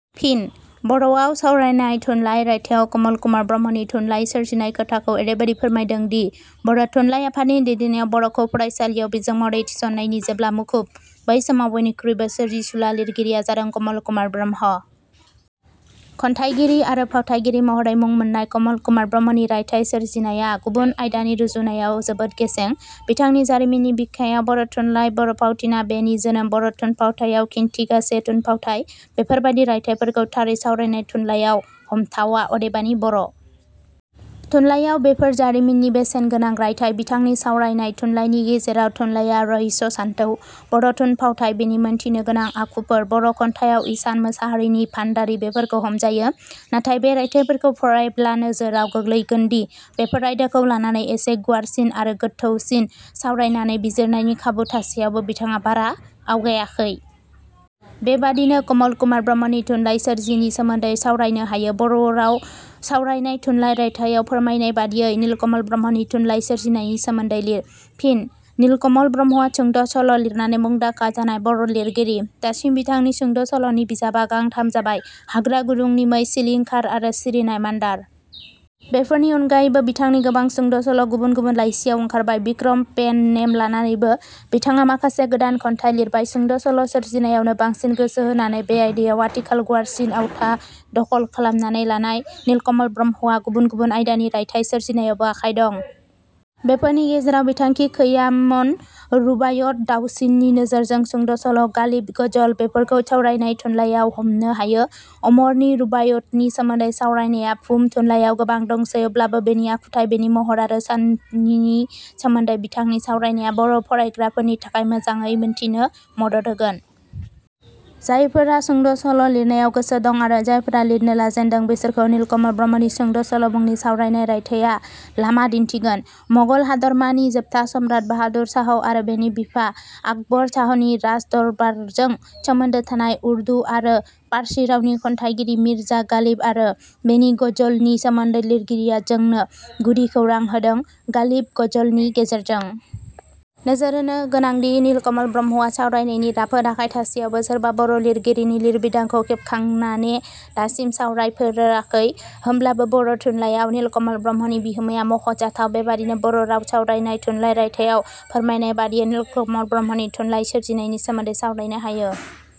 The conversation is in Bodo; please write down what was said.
फिन: 'बर'वाव सावरायनाय थुनलाइ' रायथाइयाव कमल कुमार ब्रह्मनि थुनलाइ सोरजिनाय खोथाखौ एरैबादि फोरमायदोंदि- बर' थुनलाइ आफादनि दैदेननायाव बर 'खौ फरायसालियाव बिजों महरै थिसननायनि जेव्ला मुखुब, बै समाव बयनिखुइबो सोरजिसुला लिरगिरिया जादों कमल कुमार ब्रह्म। खन्याइगिरि आरो फावथाइगिरि महरै मुं मोननाय कमल कुमार ब्रह्मनि रायथाइ सोरजिनाया, गुबुन आयदानि रुजुनायाव जोबोद गेसें। बिथांनि 'जारिमिननि बिखायाव बर' थुनलाइ', 'बर' फावथिनाः बेनि जोनोम', 'बर' थुनफावथाइयाव खिनथिगासे थुनफावथाइ'- बेफोरबादि रायथाइफोरखौ थारै सावरायनाय थुनलाइयाव हमथावा, अदेबानि बर'। थुनलाइयाव बेफोर जारिमिनारि बेसेन गोनां रायथाइ। बिथानि सावरायनाय। थुनलाइनि गेजेराव ' थुनलाइयाव रहस्य सानथौ', बर' थुनफावथाय: बेनि मोनथिनो गोनां आखुफोर' 'बर' खन्थाइयाव इसान मोसाहारिनि भाण्डारि बेफोरखौ हमजायो। नाथाय बे रायथाइफोरखौ फरायब्ला नोजोराव गोग्लैगोनदि बेफोर आयदाखौ लानानै एसे गुवारसिन आरो गोथौसिन सावरायनानै बिजिरनायनि खाबु थासेयावबो बिथाडा बारा आवगायाखै। बेबादिनो कमल कुमार ब्रह्मनि थुनलाइ सोरजिनि सोमोन्दै सावरायनो हायो। 'बर 'वाव सावरायनाय थुनलाइ रायथाइयाव फोरमायनाय बादियै नीलकमल ब्रह्मनि थुनलाइ सोरजिनायनि सोमोन्दै लिर। फिनः नीलकमल ब्रह्मआ सुंद' सल' लिरनानै मुंदांखा जानाय बर' लिरगिरि। दासिम बिथांनि सुंद'सल'नि बिजाबा गांथाम जाबाय- 'हाग्रा गुदुनि मै', 'सिलिंखार' आरो 'सिरिनाय मान्दार'। बेफोरनि अनगायैबो बिथांनि गोबां सुंद' सल' गुबुन गुबुन लाइसियाव ओंखारबाय। बिक्रम पेन-नेम लानानैबो – बिथाङा माखासे गोदान खन्थाइ लिरबाय। सुंद' सल' सोरजिनायावनो बांसिन गोसो होनानै बे आयदायाव आथिखाल गुवारसिन आवथा दखल खालामनानै लानाय नीलकमल ब्रह्मआ गुबुन गुबुन आयदानि रायथाइ सोरजिनायावबो आखाइ दं। बेफोरनि गेजेराव बिथांनि खैयामन रुबायत: दावसिन नोजोरजों, सुंद' सल', गालिब गजल बेफोरखौ सावरायनाय थुनलाइयाव हमनो हायो। अमरनि रुबाइतनि सोमोन्दै सावरायनाया भुम थुनलाइयाव गोबां दंसै। अब्लाबो बेनि आखुथाइ, बेनि महर आरो साननिनि सोमोन्दै बिथांनि सावरायनाया बर' फरायग्राफोरनि थाखाय मोजाडै मोनथिनो मदद होगोन। जायफोरहा सुंद 'सल' लिरनायाव गोसो दं आरो जायफोरा लिरनो लाजेन्दों, बिसोरखौ नीलकमल ब्रह्मनि 'सुंद' सल' मुनि सावरायनाय रायथाइँया लामा दिन्थिगोन। मगल हादरमा नि जोबथा सम्राट बाहादुर शाह आरो बेनि बिफा आकबर शाहनि राजदरबारजों सोमोन्दो थानाय, उर्दु आरो पार्ची रावनि खन्याइगिरि मीर्जा गालिब आरो बेनि गजलनि सोमोन्दै लिरगिरिया जोनो गुदि खौरां होदों 'गालिब: गजल' नि गेजेरजों। नोजोर होनो गोनांदि नीलकमलं ब्रह्मआ सावरायनायनि राफोद आखाइ थासेयावबो सोरबा बर' लिरगिरिनि लिरबिदांखौ खेबखांनाने दासिम सावरायफोराखै। होमब्लाबो बर' थुनलाइयाव नीलकमल ब्रह्मनि- बिहोमाया मख 'जाथाव। बेबादिनों 'बर 'वाव सावरायनाय थुनलाइ ' रायथाइयाव फोरमायनाय बादियै नीलकमल ब्रह्मनि थुनलाय सोरजिनायनि सोमोन्दै सावरायनो हायो।